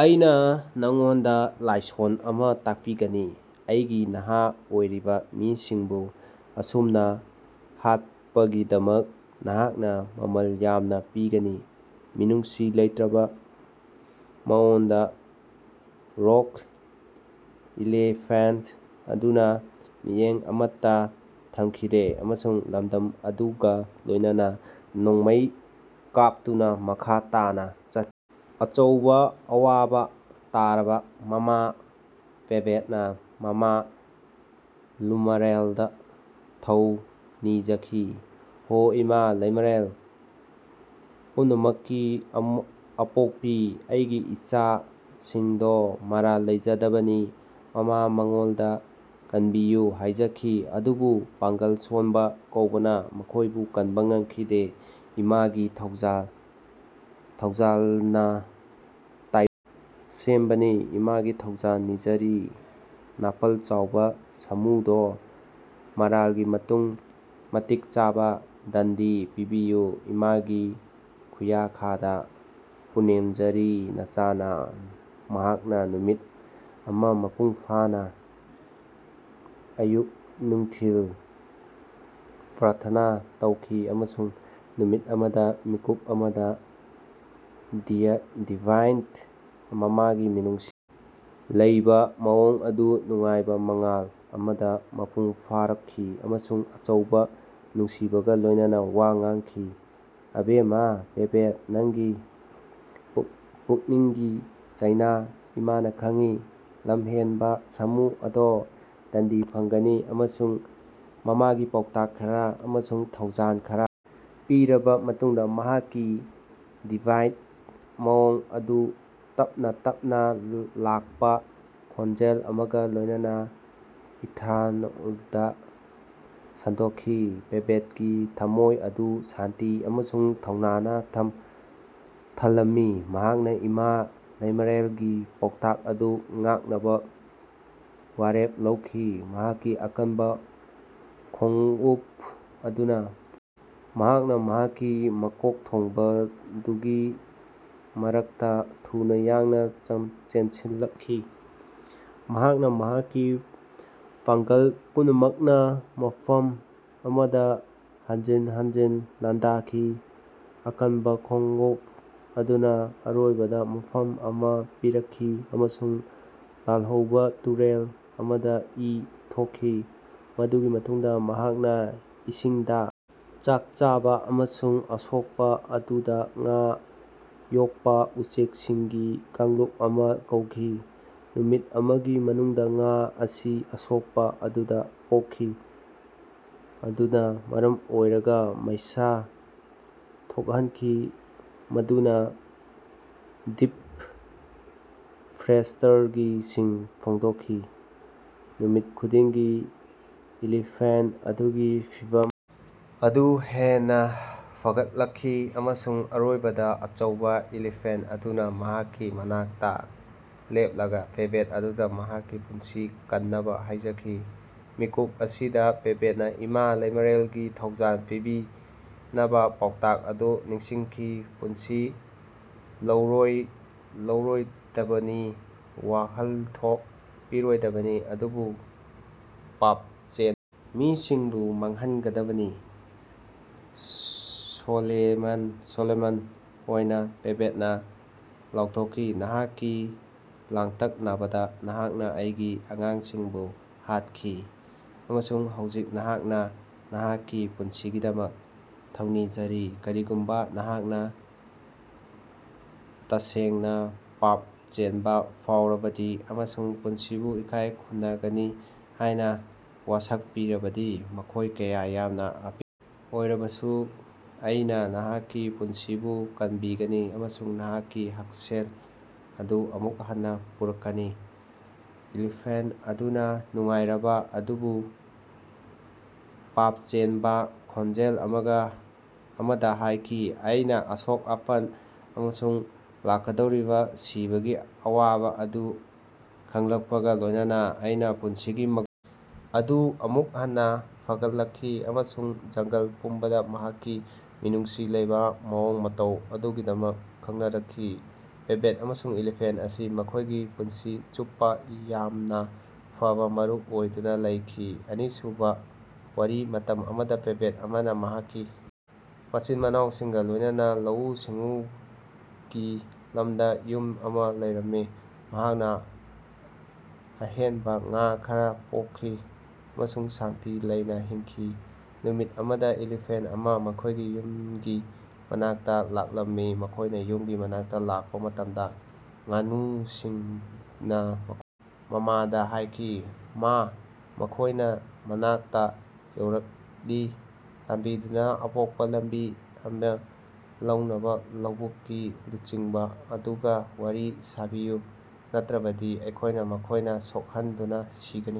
ꯑꯩꯅꯥ ꯅꯉꯣꯟꯗꯥ ꯂꯥꯏꯁꯣꯟ ꯑꯃꯥ ꯇꯥꯛꯄꯤꯒꯅꯤ꯫ ꯑꯩꯒꯤ ꯅꯍꯥ ꯑꯣꯏꯔꯤꯕꯥ ꯃꯤꯁꯤꯡꯕꯨ ꯑꯁꯨꯝꯅꯥ ꯍꯥꯠꯄꯒꯤꯗꯃꯛ ꯅꯍꯥꯛꯅꯥ ꯃꯃꯜ ꯌꯥꯝꯅꯥ ꯄꯤꯒꯅꯤ꯫ ꯃꯤꯅꯨꯡꯁꯤ ꯂꯩꯇ꯭ꯔꯕꯥ ꯃꯑꯣꯡꯗꯥ꯫ ꯔꯣꯒ ꯏꯂꯤꯐꯦꯟꯇ ꯑꯗꯨꯅꯥ ꯃꯤꯠꯌꯦꯡ ꯑꯃꯠꯇꯥ ꯊꯝꯈꯤꯗꯦ ꯑꯃꯁꯨꯡ ꯂꯝꯗꯝ ꯑꯗꯨꯒꯥ ꯂꯣꯏꯅꯅꯥ ꯅꯣꯡꯃꯩ ꯀꯥꯞꯇꯨꯅꯥ ꯃꯈꯥ ꯇꯥꯅꯥ ꯆꯠ ꯑꯆꯧꯕꯥ ꯑꯋꯥꯕꯥ ꯇꯥꯔꯕꯥ ꯃꯃꯥ ꯄꯦꯕꯦꯠꯅꯥ ꯃꯃꯥ ꯂꯨꯃꯔꯦꯜꯗꯥ ꯊꯧꯅꯤꯖꯈꯤ꯫ ꯍꯣ ꯏꯃꯥ ꯂꯩꯃꯔꯦꯜ ꯄꯨꯝꯅꯥꯃꯛꯀꯤ ꯑꯥꯄꯣꯛꯄꯤ ꯑꯩꯒꯤ ꯏꯆꯥ ꯁꯤꯡꯗꯣ ꯃꯔꯥꯜ ꯂꯩꯖꯗꯕꯅꯤ꯫ ꯃꯥꯃꯥ ꯃꯉꯣꯟꯗꯥ ꯀꯟꯕꯤꯌꯨ ꯍꯥꯏꯖꯥꯈꯤ꯫ ꯑꯗꯨꯕꯨ ꯄꯥꯡꯒꯜ ꯁꯣꯟꯕꯥ ꯀꯧꯕꯅ ꯃꯈꯣꯏꯕꯨ ꯀꯟꯕ ꯉꯝꯈꯤꯗꯦ ꯏꯃꯥ ꯒꯤ ꯊꯧꯖꯥꯂꯅꯥ ꯇꯥꯏꯕꯪ ꯁꯦꯝꯕꯥꯅꯤ ꯏꯃꯥꯒꯤ ꯊꯧꯖꯜ ꯅꯤꯖꯥꯔꯤ꯫ ꯅꯥꯄꯜ ꯆꯧꯕꯥ ꯁꯥꯃꯨꯗꯣ ꯃꯔꯥꯜꯒꯤ ꯃꯇꯤꯛ ꯆꯥꯕ ꯗꯟꯗꯤ ꯄꯤꯕꯤꯌꯨ꯫ ꯏꯃꯥꯒꯤ ꯈꯨꯌꯥꯈꯥꯗꯥ ꯄꯨꯅꯦꯝꯖꯔꯤ ꯅꯆꯥꯅꯥ꯫ ꯃꯍꯥꯛꯅꯥ ꯅꯨꯃꯤꯠ ꯑꯃꯥ ꯃꯄꯨꯡ ꯐꯥꯅꯥ ꯑꯌꯨꯛ ꯅꯨꯡꯊꯤꯜ ꯄ꯭ꯔꯥꯊꯅꯥ ꯇꯧꯈꯤ ꯑꯃꯁꯨꯡ ꯅꯨꯃꯤꯠ ꯑꯃꯗꯥ ꯃꯤꯠꯀꯨꯞ ꯑꯃꯗꯥ ꯗꯤ ꯗꯤꯚꯥꯏꯟ ꯃꯃꯥꯒꯤ ꯃꯤꯅꯨꯡꯁꯤ ꯂꯩꯕꯥ ꯃꯑꯣꯡ ꯑꯗꯨ ꯅꯨꯡꯉꯥꯏꯕꯥ ꯃꯉꯥꯜ ꯑꯃꯗꯥ ꯃꯄꯨꯡ ꯐꯥꯔꯛꯈꯤ ꯑꯃꯁꯨꯡ ꯑꯆꯧꯕꯥ ꯅꯨꯡꯁꯤꯕꯒꯥ ꯂꯣꯏꯅꯅꯥ ꯋꯥ ꯉꯥꯡꯈꯤ꯫ ꯑꯕꯦꯃꯥ ꯄꯦꯕꯦꯠ ꯅꯪꯒꯤ ꯄꯨꯛꯅꯤꯡꯒꯤ ꯆꯩꯅꯥ ꯏꯃꯥꯅꯥ ꯈꯪꯏ꯫ ꯂꯝꯍꯦꯟꯕꯥ ꯁꯥꯃꯨ ꯑꯗꯣ ꯗꯟꯗꯤ ꯐꯪꯒꯅꯤ ꯑꯃꯁꯨꯡ ꯃꯃꯥꯒꯤ ꯄꯥꯎꯇꯥꯛ ꯈꯔꯥ ꯑꯃꯁꯨꯡ ꯊꯧꯖꯥꯜ ꯈꯔꯥ ꯄꯤꯔꯕꯥ ꯃꯇꯨꯡꯗꯥ ꯃꯍꯥꯛꯀꯤ ꯗꯤꯚꯥꯏꯟ ꯃꯑꯣꯡ ꯑꯗꯨ ꯇꯞꯅꯥ ꯇꯞꯅꯥ ꯂꯥꯜꯄꯥ ꯈꯣꯟꯖꯦꯜ ꯑꯃꯒꯥ ꯂꯣꯏꯅꯅꯥ ꯏꯊꯥꯅꯣꯜꯗꯥ ꯁꯟꯗꯣꯛꯈꯤ꯫ ꯄꯦꯕꯦꯠꯀꯤ ꯊꯝꯃꯣꯏ ꯑꯗꯨ ꯁꯥꯟꯇꯤ ꯑꯃꯁꯨꯡ ꯊꯧꯅꯥꯅ ꯊꯜꯂꯝꯃꯤ꯫ ꯃꯍꯥꯛꯅꯥ ꯏꯃꯥ ꯂꯩꯃꯦꯔꯦꯜꯒꯤ ꯄꯥꯎꯇꯥꯛ ꯑꯗꯨ ꯉꯥꯛꯅꯕꯥ ꯋꯥꯔꯦꯞ ꯂꯧꯈꯤ꯫ ꯃꯍꯥꯛꯀꯤ ꯑꯀꯟꯕꯥ ꯈꯣꯡꯎꯞ ꯑꯗꯨꯅꯥ ꯃꯍꯥꯛꯅꯥ ꯃꯍꯥꯛꯀꯤ ꯃꯀꯣꯛꯊꯣꯡꯕꯗꯨꯒꯤ ꯃꯔꯛꯇꯥ ꯊꯨꯅꯥ ꯌꯥꯡꯅꯥ ꯆꯦꯟꯁꯤꯜꯂꯛꯈꯤ꯫ ꯃꯍꯥꯛꯅꯥ ꯃꯍꯥꯛꯀꯤ ꯄꯥꯡꯒꯜ ꯄꯨꯝꯅꯃꯛꯅꯥ ꯃꯐꯝ ꯑꯃꯗꯥ ꯍꯟꯖꯤꯟ ꯍꯟꯖꯤꯟ ꯂꯥꯟꯗꯥꯈꯤ꯫ ꯑꯀꯟꯕꯥ ꯈꯣꯡꯎꯞ ꯑꯗꯨꯅꯥ ꯑꯔꯣꯏꯕꯗꯥ ꯃꯐꯝ ꯑꯃꯥ ꯄꯤꯔꯛꯈꯤ ꯑꯃꯁꯨꯡ ꯂꯥꯜꯍꯧꯕꯥ ꯇꯨꯔꯦꯜ ꯑꯃꯗꯥ ꯏ ꯊꯣꯛꯈꯤ꯫ ꯃꯗꯨꯒꯤ ꯃꯇꯨꯡꯗꯥ ꯃꯍꯥꯛꯅꯥ ꯏꯁꯤꯡꯗꯥ ꯆꯥꯛ ꯆꯥꯕꯥ ꯑꯃꯁꯨꯡ ꯑꯁꯣꯛꯄꯥ ꯑꯗꯨꯗꯥ ꯉꯥ ꯌꯣꯛꯄꯥ ꯎꯆꯦꯛꯁꯤꯡꯒꯤ ꯀꯥꯡꯂꯨꯞ ꯑꯃꯥ ꯀꯧꯈꯤ꯫ ꯅꯨꯃꯤꯠ ꯑꯃꯒꯤ ꯃꯅꯨꯡꯗꯥ ꯉꯥ ꯑꯁꯤ ꯑꯁꯣꯛꯄꯥ ꯑꯗꯨꯗꯥ ꯄꯣꯛꯈꯤ ꯑꯗꯨꯅꯥ ꯃꯔꯝ ꯑꯣꯏꯔꯒꯥ ꯃꯩꯁꯥ ꯊꯣꯛꯍꯟꯈꯤ ꯃꯗꯨꯅꯥ ꯗꯤꯞ ꯐꯦꯁ꯭ꯇꯔꯁꯤꯡ ꯐ‌ꯣꯡꯗ‌ꯣꯛꯈꯤ꯫ ꯅꯨꯃꯤꯠ ꯈꯨꯗꯤꯡꯒꯤ ꯏꯂꯤꯐꯦꯟꯠ ꯑꯗꯨꯒꯤ ꯐꯤꯚꯝ ꯑꯗꯨ ꯍꯦꯟꯅꯥ ꯐꯒꯠꯂꯛꯈꯤ ꯑꯃꯁꯨꯡ ꯑꯔꯣꯏꯕꯗꯥ ꯑꯆꯧꯕꯥ ꯏꯂꯤꯐꯦꯟꯠ ꯑꯗꯨꯅꯥ ꯃꯍꯥꯛꯀꯤ ꯃꯅꯥꯛꯇꯥ ꯂꯦꯞꯂꯒꯥ ꯄꯦꯕꯦꯠ ꯑꯗꯨꯗꯥ ꯃꯍꯥꯛꯀꯤ ꯄꯨꯟꯁꯤ ꯀꯟꯅꯕꯥ ꯍꯥꯏꯖꯈꯤ꯫ ꯃꯤꯀꯨꯞ ꯑꯁꯤꯗꯥ ꯄꯦꯕꯦꯠꯅꯥ ꯏꯃꯥ ꯂꯩꯃꯔꯦꯜꯒꯤ ꯊꯧꯖꯥꯜ ꯄꯤꯕꯤꯅꯕꯥ ꯄꯥꯎꯇꯥꯛ ꯑꯗꯨ ꯅꯤꯡꯁꯤꯡꯈꯤ ꯄꯨꯟꯁꯤ ꯂꯧꯔꯣꯏꯗꯕꯅꯤ ꯋꯥꯍꯟꯊꯣꯛ ꯄꯤꯔꯣꯏꯗꯕꯅꯤ ꯑꯗꯨꯕꯨ ꯄꯥꯞꯆꯦꯟ ꯃꯤꯁꯤꯡꯕꯨ ꯃꯥꯡꯍꯟꯒꯗꯕꯅꯤ꯫ ꯁ‌ꯣꯂ‌ꯦꯃꯟ ꯁꯣꯂꯦꯃꯟ ꯑꯣꯏꯅꯥ ꯄꯦꯕꯦꯠꯅꯥ ꯂꯥꯎꯊꯣꯛꯈꯤ ꯅꯍꯥꯛꯀꯤ ꯂꯥꯡꯇꯛꯅꯕꯗꯥ ꯅꯍꯥꯛꯅꯥ ꯑꯩꯒꯤ ꯑꯉꯥꯡꯁꯤꯡꯕꯨ ꯍꯥꯠꯈꯤ ꯑꯃꯁꯨꯡ ꯍꯧꯖꯤꯛ ꯅꯍꯥꯛꯅꯥ ꯅꯍꯥꯛꯀꯤ ꯄꯨꯟꯁꯤꯒꯤꯗꯃꯛ ꯊꯧꯅꯤꯖꯔꯤ ꯀꯔꯤꯒꯨꯝꯕꯥ ꯅꯍꯥꯛꯅꯥ ꯇꯁꯦꯡꯅꯥ ꯄꯥꯞꯆꯦꯟꯕꯥ ꯐꯥꯎꯔꯕꯗꯤ ꯑꯃꯁꯨꯡ ꯄꯨꯟꯁꯤꯕꯨ ꯏꯀꯥꯏ ꯈꯨꯝꯅꯒꯅꯤ ꯍꯥꯏꯅꯥ ꯋꯥꯁꯛꯄꯤꯔꯕꯗꯤ ꯃꯈꯣꯏ ꯀꯌꯥ ꯌꯥꯝꯅꯥ ꯑꯄꯤꯛ ꯑꯣꯏꯔꯕꯁꯨ ꯑꯩꯅꯥ ꯅꯍꯥꯛꯀꯤ ꯄꯨꯟꯁꯤꯕꯨ ꯀꯟꯕꯤꯒꯅꯤ ꯑꯃꯁꯨꯡ ꯅꯍꯥꯛꯀꯤ ꯍꯛꯁꯦꯜ ꯑꯗꯨ ꯑꯃꯨꯛ ꯍꯟꯅꯥ ꯄꯨꯔꯛꯀꯅꯤ꯫ ꯏꯂꯤꯐꯦꯟꯠ ꯑꯗꯨꯅꯥ ꯅꯨꯡꯉꯥꯏꯔꯕꯥ ꯑꯗꯨꯕꯨ ꯄꯥꯞꯆꯦꯟꯕꯥ ꯈꯣꯟꯖꯦꯜ ꯑꯃꯒ ꯑꯃꯗꯥ ꯍꯥꯏꯈꯤ ꯑꯩꯅꯥ ꯑꯁꯣꯛ ꯑꯄꯟ ꯑꯃꯁꯨꯡ ꯂꯥꯛꯀꯗꯧꯔꯤꯕꯥ ꯁꯤꯕꯒꯤ ꯑꯋꯥꯕꯥ ꯑꯗꯨ ꯈꯪꯂꯛꯄꯒꯥ ꯂꯣꯏꯅꯅꯥ ꯑꯩꯅꯥ ꯄꯨꯟꯁꯤꯒꯤ ꯑꯗꯨ ꯑꯃꯨꯛ ꯍꯟꯅꯥ ꯐꯒꯠꯂꯛꯈꯤ ꯑꯃꯁꯨꯡ ꯖꯪꯒꯜ ꯄꯨꯝꯕꯗꯥ ꯃꯍꯥꯛꯀꯤ ꯃꯤꯅꯨꯡꯁꯤ ꯂꯩꯕꯥ ꯃꯑꯣꯡ ꯃꯇꯧ ꯑꯗꯨꯒꯤꯗꯃꯛ ꯈꯪꯅꯔꯛꯈꯤ꯫ ꯄꯦꯕꯦꯠ ꯑꯃꯁꯨꯡ ꯏꯂꯤꯐꯦꯟꯠ ꯑꯁꯤ ꯃꯈꯣꯏꯒꯤ ꯄꯨꯟꯁꯤ ꯆꯨꯞꯄꯥ ꯌꯥꯝꯅꯥ ꯐꯕꯥ ꯃꯔꯨꯞ ꯑꯣꯏꯗꯨꯅꯥ ꯂꯩꯈꯤ꯫ ꯑꯅꯤꯁꯨꯕ ꯋꯥꯔꯤ ꯃꯇꯝ ꯑꯃꯗꯥ ꯄꯦꯕꯦꯠ ꯑꯃꯅꯥ ꯃꯍꯥꯛꯀꯤ ꯃꯆꯤꯟ ꯃꯅꯥꯎꯁꯤꯡꯒꯥ ꯂꯣꯏꯅꯅꯥ ꯂꯧꯎ ꯁꯤꯡꯎꯒꯤ ꯂꯝꯗꯥ ꯌꯨꯝ ꯑꯃꯥ ꯂꯩꯔꯝꯃꯤ꯫ ꯃꯍꯥꯛꯅꯥ ꯑꯍꯦꯟꯕꯥ ꯉꯥ ꯈꯔꯥ ꯄꯣꯛꯈꯤ ꯑꯃꯁꯨꯡ ꯁꯥꯟꯇꯤ ꯂꯩꯅꯥ ꯍꯤꯡꯈꯤ꯫ ꯅꯨꯃꯤꯠ ꯑꯃꯗꯥ ꯏꯂꯤꯐꯦꯟꯠ ꯑꯃꯥ ꯃꯈꯣꯏꯒꯤ ꯌꯨꯝꯒꯤ ꯃꯅꯥꯛꯇꯥ ꯂꯥꯛꯂꯝꯃꯤ꯫ ꯃꯈꯣꯏꯅꯥ ꯌꯨꯝꯒꯤ ꯃꯅꯥꯛꯇꯥ ꯂꯥꯛꯄꯥ ꯃꯇꯝꯗꯥ ꯉꯥꯅꯨꯁꯤꯡꯅꯥ ꯃꯃꯥꯗꯥ ꯍꯥꯏꯈꯤ ꯃꯥ ꯃꯈꯣꯏꯅꯥ ꯃꯅꯥꯛꯇꯥ ꯌꯧꯔꯛꯂꯤ ꯆꯥꯟꯕꯤꯗꯨꯅꯥ ꯑꯇꯣꯞꯄꯥ ꯂꯝꯕꯤ ꯂꯝꯕ‌ꯦꯜ ꯂꯧꯅꯕꯥ ꯂꯧꯕꯨꯛꯀꯤ ꯂꯨꯆꯤꯡꯕꯥ ꯑꯗꯨꯒꯥ ꯋꯥꯔꯤ ꯁꯥꯕꯤꯌꯨ ꯅꯠꯇ꯭ꯔꯕꯗꯤ ꯑꯩꯈꯣꯏꯅꯥ ꯃꯈꯣꯏꯅꯥ ꯁꯣꯛꯍꯟꯗꯨꯅꯥ ꯁꯤꯒꯅꯤ꯫